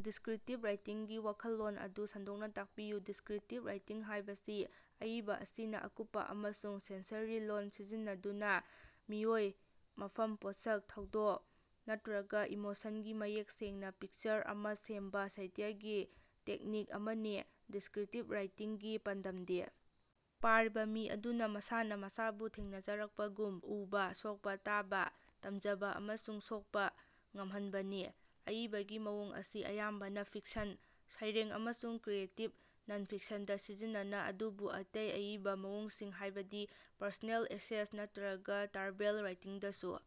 Descriptive ꯔꯥꯏꯇꯤꯡꯒꯤ ꯋꯥꯈꯜꯂꯣꯟ ꯑꯗꯨ ꯁꯟꯗꯣꯛꯅ ꯇꯥꯛꯄꯤꯌꯨ꯫ ꯗꯤꯁꯀ꯭ꯔꯤꯞꯇꯤꯚ ꯔꯥꯏꯇꯤꯡ ꯍꯥꯏꯕꯁꯤ ꯑꯏꯕ ꯑꯁꯤꯅ ꯑꯀꯨꯞꯄ ꯑꯃꯁꯨꯡ ꯁꯦꯟꯁꯔꯤ ꯂꯣꯜ ꯁꯤꯖꯤꯟꯅꯗꯨꯅ ꯃꯤꯑꯣꯏ, ꯃꯐꯝ, ꯄꯣꯠꯁꯛ, ꯊꯧꯗꯣꯛ ꯅꯠꯇ꯭ꯔꯒ ꯏꯃꯣꯁꯟꯒꯤ ꯃꯌꯦꯛ ꯁꯦꯡꯕ ꯄꯤꯛꯆꯔ ꯑꯃ ꯁꯦꯝꯕ ꯁꯥꯍꯤꯇ꯭ꯌꯒꯤ ꯇꯦꯛꯅꯤꯛ ꯑꯃꯅꯤ꯫ ꯗꯤꯁꯀ꯭ꯔꯤꯞꯇꯤꯚ ꯔꯥꯏꯇꯤꯡꯒꯤ ꯄꯥꯟꯗꯝꯗꯤ ꯄꯥꯔꯤꯕ ꯃꯤ ꯑꯗꯨꯅ ꯃꯁꯥꯅ ꯃꯁꯥꯕꯨ ꯊꯦꯡꯅꯖꯔꯛꯄꯒꯨꯝ ꯎꯕ, ꯁꯣꯛꯄ, ꯇꯥꯕ, ꯇꯝꯖꯕ ꯑꯃꯁꯨꯡ ꯁꯣꯛꯄ ꯉꯝꯍꯟꯕꯅꯤ꯫ ꯑꯏꯕꯒꯤ ꯃꯑꯣꯡ ꯑꯁꯤ ꯑꯌꯥꯝꯕꯅ ꯐꯤꯛꯁꯟ, ꯁꯩꯔꯦꯡ ꯑꯃꯁꯨꯡ ꯀ꯭ꯔꯤꯌꯦꯇꯤꯚ ꯅꯟ-ꯐꯤꯛꯁꯟꯗ ꯁꯤꯖꯤꯟꯅ ꯑꯗꯨꯕꯨ ꯑꯇꯩ ꯑꯏꯕ ꯃꯑꯣꯡꯁꯤꯡ ꯍꯥꯏꯕꯗꯤ ꯄꯔꯁꯣꯅꯦꯜ ꯑꯦꯁꯦꯁ ꯅꯠꯇ꯭ꯔꯒ ꯇ꯭ꯔꯥꯚꯦꯜ ꯔꯥꯏꯇꯤꯡꯗꯁꯨ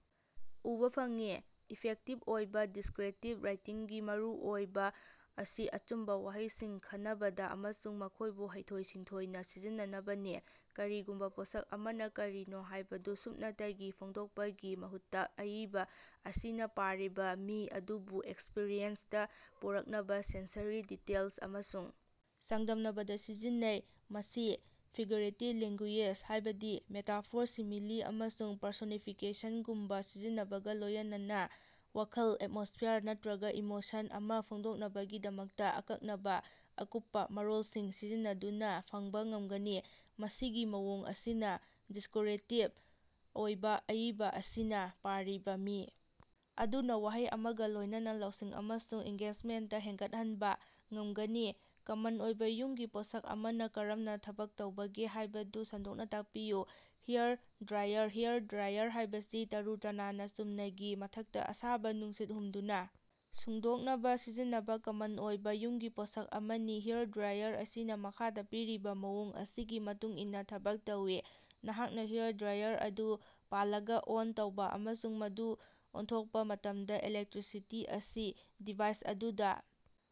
ꯎꯕ ꯐꯪꯏ꯫ ꯏꯐꯦꯛꯇꯤꯚ ꯑꯣꯏꯕ ꯗꯤꯁꯀ꯭ꯔꯤꯞꯇꯤꯚ ꯔꯥꯏꯇꯤꯡꯒꯤ ꯃꯔꯨꯑꯣꯏꯕ ꯑꯁꯤ ꯑꯆꯨꯝꯕ ꯋꯥꯍꯩꯁꯤꯡ ꯈꯟꯅꯕꯗ ꯑꯃꯁꯨꯡ ꯃꯈꯣꯏꯕꯨ ꯍꯩꯊꯣꯏ-ꯁꯤꯡꯊꯣꯏꯅ ꯁꯤꯖꯤꯟꯅꯕꯅꯤ꯫ ꯀꯔꯤꯒꯨꯝꯕ ꯄꯣꯠꯁꯛ ꯑꯃꯅ ꯀꯔꯤꯅꯣ ꯍꯥꯏꯕꯗꯨ ꯁꯨꯞꯅꯇꯒꯤ ꯐꯣꯡꯗꯣꯛꯄꯒꯤ ꯃꯍꯨꯠꯇ ꯑꯏꯕ ꯑꯁꯤꯅ ꯄꯥꯔꯤꯕ ꯃꯤ ꯑꯗꯨꯕꯨ ꯑꯦꯛꯁꯄꯤꯔꯤꯌꯦꯟꯁꯇ ꯄꯨꯔꯛꯅꯕ ꯁꯦꯟꯁꯔꯤ ꯗꯤꯇꯦꯜꯁ ꯑꯃꯁꯨꯡ ꯆꯥꯡꯗꯝꯅꯕꯗ ꯁꯤꯖꯤꯟꯅꯩ꯫ ꯃꯁꯤ ꯐꯤꯒꯔꯦꯇꯤꯚ ꯂꯦꯡꯒꯨꯌꯦꯖ, ꯍꯥꯏꯕꯗꯤ ꯃꯦꯇꯥꯐꯣꯔ, ꯁꯤꯃꯤꯂꯤ ꯑꯃꯁꯨꯡ ꯄꯔꯁꯣꯅꯤꯐꯤꯀꯦꯁꯟꯉꯨꯝꯕ ꯁꯤꯖꯤꯟꯅꯕꯒ ꯂꯣꯏꯅꯅ ꯋꯥꯈꯜ, ꯑꯦꯠꯃꯣꯁ꯭ꯐꯤꯌꯔ ꯅꯠꯇ꯭ꯔꯒ ꯏꯃꯣꯁꯟ ꯑꯃ ꯐꯣꯡꯗꯣꯛꯅꯕꯒꯤꯗꯃꯛꯇ ꯑꯀꯛꯅꯕ ꯑꯀꯨꯞꯄ ꯃꯔꯣꯜꯁꯤꯡ ꯁꯤꯖꯤꯟꯅꯗꯨꯅ ꯐꯪꯕ ꯉꯃꯒꯅꯤ꯫ ꯃꯁꯤꯒꯤ ꯃꯑꯣꯡ ꯑꯁꯤꯅ ꯗꯤꯁꯀ꯭ꯔꯤꯞꯇꯤꯚ ꯑꯣꯏꯕ ꯑꯏꯕ ꯑꯁꯤꯅ ꯄꯥꯔꯤꯕ ꯃꯤ ꯑꯗꯨꯅ ꯋꯥꯍꯩ ꯑꯃꯒ ꯂꯣꯏꯅꯅ ꯂꯧꯁꯤꯡ ꯑꯃꯁꯨꯡ ꯑꯦꯟꯒꯦꯖꯃꯦꯟꯇ ꯍꯦꯟꯒꯠꯍꯟꯕ ꯉꯝꯒꯅꯤ꯫ ꯀꯃꯟ ꯑꯣꯏꯕ ꯌꯨꯝꯒꯤ ꯄꯣꯠꯁꯛ ꯑꯃꯅ ꯀꯔꯝꯅ ꯊꯕꯛ ꯇꯧꯕꯒꯦ ꯍꯥꯏꯕꯗꯨ ꯁꯟꯗꯣꯛꯅ ꯇꯥꯛꯄꯤꯌꯨ꯫ ꯍꯦꯌꯔ ꯗ꯭ꯔꯥꯏꯌꯔ: ꯍꯦꯌꯔ ꯗ꯭ꯔꯥꯏꯌꯔ ꯍꯥꯏꯕꯁꯤ ꯇꯔꯨ ꯇꯅꯥꯟꯕ ꯆꯨꯝꯅ ꯒꯤ ꯃꯊꯛꯇ ꯑꯁꯥꯕ ꯅꯨꯡꯁꯤꯠ ꯍꯨꯝꯗꯨꯅ ꯁꯨꯡꯗꯣꯛꯅꯕ ꯁꯤꯖꯤꯟꯅꯕ ꯀꯃꯟ ꯑꯣꯏꯕ ꯌꯨꯝꯒꯤ ꯄꯣꯠꯁꯛ ꯑꯃꯅꯤ꯫ ꯍꯦꯌꯔ ꯗ꯭ꯔꯥꯏꯌꯔ ꯑꯁꯤꯅ ꯃꯈꯥꯗ ꯄꯤꯔꯤꯕ ꯃꯑꯣꯡ ꯑꯁꯤꯒꯤ ꯃꯇꯨꯡ ꯏꯟꯅ ꯊꯕꯛ ꯇꯧꯏ꯫ ꯅꯍꯥꯛꯅ ꯍꯦꯌꯔ ꯗ꯭ꯔꯥꯏꯌꯔ ꯑꯗꯨ ꯄꯥꯜꯂꯒ ꯑꯣꯟ ꯇꯧꯕ ꯑꯃꯁꯨꯡ ꯃꯗꯨ ꯑꯣꯟꯊꯣꯛꯄ ꯃꯇꯝꯗ ꯏꯂꯦꯛꯇ꯭ꯔꯤꯁꯤꯇꯤ ꯑꯁꯤ ꯗꯤꯚꯥꯏꯁ ꯑꯗꯨꯗ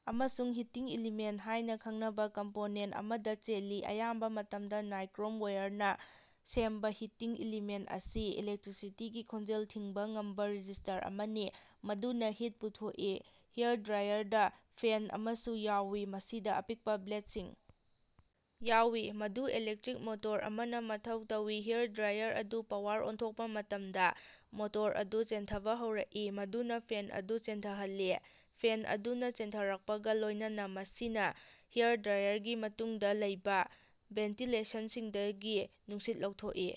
ꯑꯃꯁꯨꯡ ꯍꯤꯇꯤꯡ ꯑꯦꯂꯤꯃꯦꯟꯇ ꯍꯥꯏꯅ ꯈꯪꯅꯕ ꯀꯝꯄꯣꯅꯦꯟꯇ ꯑꯃꯗ ꯆꯦꯜꯂꯤ꯫ ꯑꯌꯥꯝꯕ ꯃꯇꯝꯗ ꯅꯥꯏꯀ꯭ꯔꯣꯝ ꯋꯥꯌꯔꯅ ꯁꯦꯝꯕ ꯍꯤꯇꯤꯡ ꯑꯦꯂꯤꯃꯦꯟꯇ ꯑꯁꯤ ꯏꯂꯦꯛꯇ꯭ꯔꯤꯁꯤꯇꯤꯒꯤ ꯈꯣꯡꯖꯦꯜ ꯊꯤꯡꯕ ꯉꯝꯕ ꯔꯦꯖꯤꯁ꯭ꯇꯔ ꯑꯃꯅꯤ꯫ ꯃꯗꯨꯅ ꯍꯤꯠ ꯄꯨꯊꯣꯛꯏ꯫ ꯍꯦꯌꯔ ꯗ꯭ꯔꯥꯏꯌꯔꯗ ꯐꯦꯟ ꯑꯃꯁꯨ ꯌꯥꯎꯏ꯫ ꯃꯁꯤꯗ ꯑꯄꯤꯛꯄ ꯕ꯭ꯂꯦꯗꯁꯤꯡ ꯌꯥꯎꯏ꯫ ꯃꯗꯨ ꯏꯂꯦꯛꯇ꯭ꯔꯤꯛ ꯃꯣꯇꯣꯔ ꯑꯃꯅ ꯃꯊꯧ ꯇꯧꯏ꯫ ꯍꯦꯌꯔ ꯗ꯭ꯔꯥꯏꯌꯔ ꯑꯗꯨ ꯄꯥꯋꯔ ꯑꯣꯟꯊꯣꯛꯄ ꯃꯇꯝꯗ ꯃꯣꯇꯣꯔ ꯑꯗꯨ ꯆꯦꯟꯊꯕ ꯍꯧꯔꯛꯏ, ꯃꯗꯨꯅ ꯐꯦꯟ ꯑꯗꯨ ꯆꯦꯟꯊꯍꯜꯂꯤ꯫ ꯐꯦꯟ ꯑꯗꯨꯅ ꯆꯦꯟꯊꯔꯛꯄꯒ ꯂꯣꯏꯅꯅ ꯃꯁꯤꯅ ꯍꯦꯌꯔ ꯗ꯭ꯔꯥꯏꯌꯔꯒꯤ ꯃꯇꯨꯡꯗ ꯂꯩꯕ ꯚꯦꯟꯇꯤꯂꯦꯁꯟꯁꯤꯡꯗꯒꯤ ꯅꯨꯡꯁꯤꯠ ꯂꯧꯊꯣꯛꯏ꯫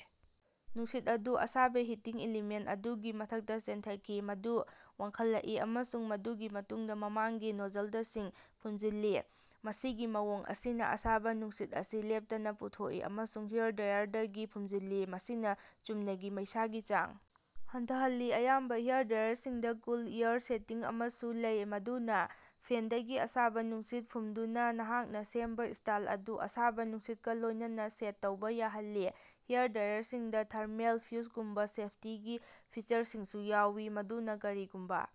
ꯅꯨꯡꯁꯤꯠ ꯑꯗꯨ ꯑꯁꯥꯕ ꯍꯤꯇꯤꯡ ꯑꯦꯂꯤꯃꯦꯟꯇ ꯑꯗꯨꯒꯤ ꯃꯊꯛꯇ ꯆꯦꯟꯊꯈꯤ꯫ ꯃꯗꯨ ꯋꯥꯡꯈꯠꯂꯛꯏ ꯑꯃꯁꯨꯡ ꯃꯗꯨꯒꯤ ꯃꯇꯨꯡꯗ ꯃꯃꯥꯡꯒꯤ ꯅꯣꯖꯜꯗꯁꯤꯡ ꯐꯨꯝꯖꯤꯜꯂꯤ꯫ ꯃꯁꯤꯒꯤ ꯃꯑꯣꯡ ꯑꯁꯤꯅ ꯑꯁꯥꯕ ꯅꯨꯡꯁꯤꯠ ꯑꯁꯤ ꯂꯦꯞꯇꯅ ꯄꯨꯊꯣꯛꯏ ꯑꯃꯁꯨꯡ ꯍꯦꯌꯔ ꯗ꯭ꯔꯥꯏꯌꯔꯗꯒꯤ ꯐꯨꯝꯖꯤꯜꯂꯤ ꯃꯁꯤꯅ ꯆꯨꯝꯅ ꯒꯤ ꯃꯩꯁꯥꯒꯤ ꯆꯥꯡ ꯍꯟꯊꯍꯜꯂꯤ꯫ ꯑꯌꯥꯝꯕ ꯍꯦꯌꯔ ꯗ꯭ꯔꯥꯏꯌꯔꯁꯤꯡꯗ ꯀꯨꯜ ꯑꯦꯌꯔ ꯁꯦꯇꯤꯡ ꯑꯃꯁꯨ ꯂꯩ ꯃꯗꯨꯅ ꯐꯦꯟꯗꯒꯤ ꯑꯁꯥꯕ ꯅꯨꯡꯁꯤꯠ ꯐꯨꯝꯗꯨꯅ ꯅꯍꯥꯛꯅ ꯁꯦꯝꯕ ꯁ꯭ꯇꯥꯏꯜ ꯑꯗꯨ ꯑꯁꯥꯕ ꯅꯨꯡꯁꯤꯠꯀ ꯂꯣꯏꯅꯅ ꯁꯦꯠ ꯇꯧꯕ ꯌꯥꯍꯜꯂꯤ꯫ ꯍꯦꯌꯔ ꯗ꯭ꯔꯥꯏꯌꯔꯁꯤꯡꯗ ꯊꯔꯃꯦꯜ ꯐ꯭ꯌꯨꯖꯔꯒꯨꯝꯕ ꯁꯦꯐꯇꯤꯒꯤ ꯐꯤꯆꯔꯁꯤꯡꯁꯨ ꯌꯥꯎꯏ ꯃꯗꯨꯅ ꯀꯔꯤꯒꯨꯝꯕ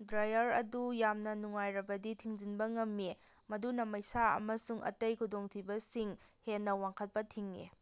ꯗ꯭ꯔꯥꯏꯌꯔ ꯑꯗꯨ ꯌꯥꯝꯅ ꯅꯨꯡꯉꯥꯏꯔꯕꯗꯤ ꯊꯤꯡꯖꯤꯟꯕ ꯉꯝꯃꯤ꯫ ꯃꯗꯨꯅ ꯃꯩꯁ ꯑꯃꯁꯨꯡ ꯑꯇꯩ ꯈꯨꯗꯣꯡꯊꯤꯕꯁꯤꯡ ꯍꯦꯟꯅ ꯋꯥꯡꯈꯠꯄ ꯊꯤꯡꯏ꯫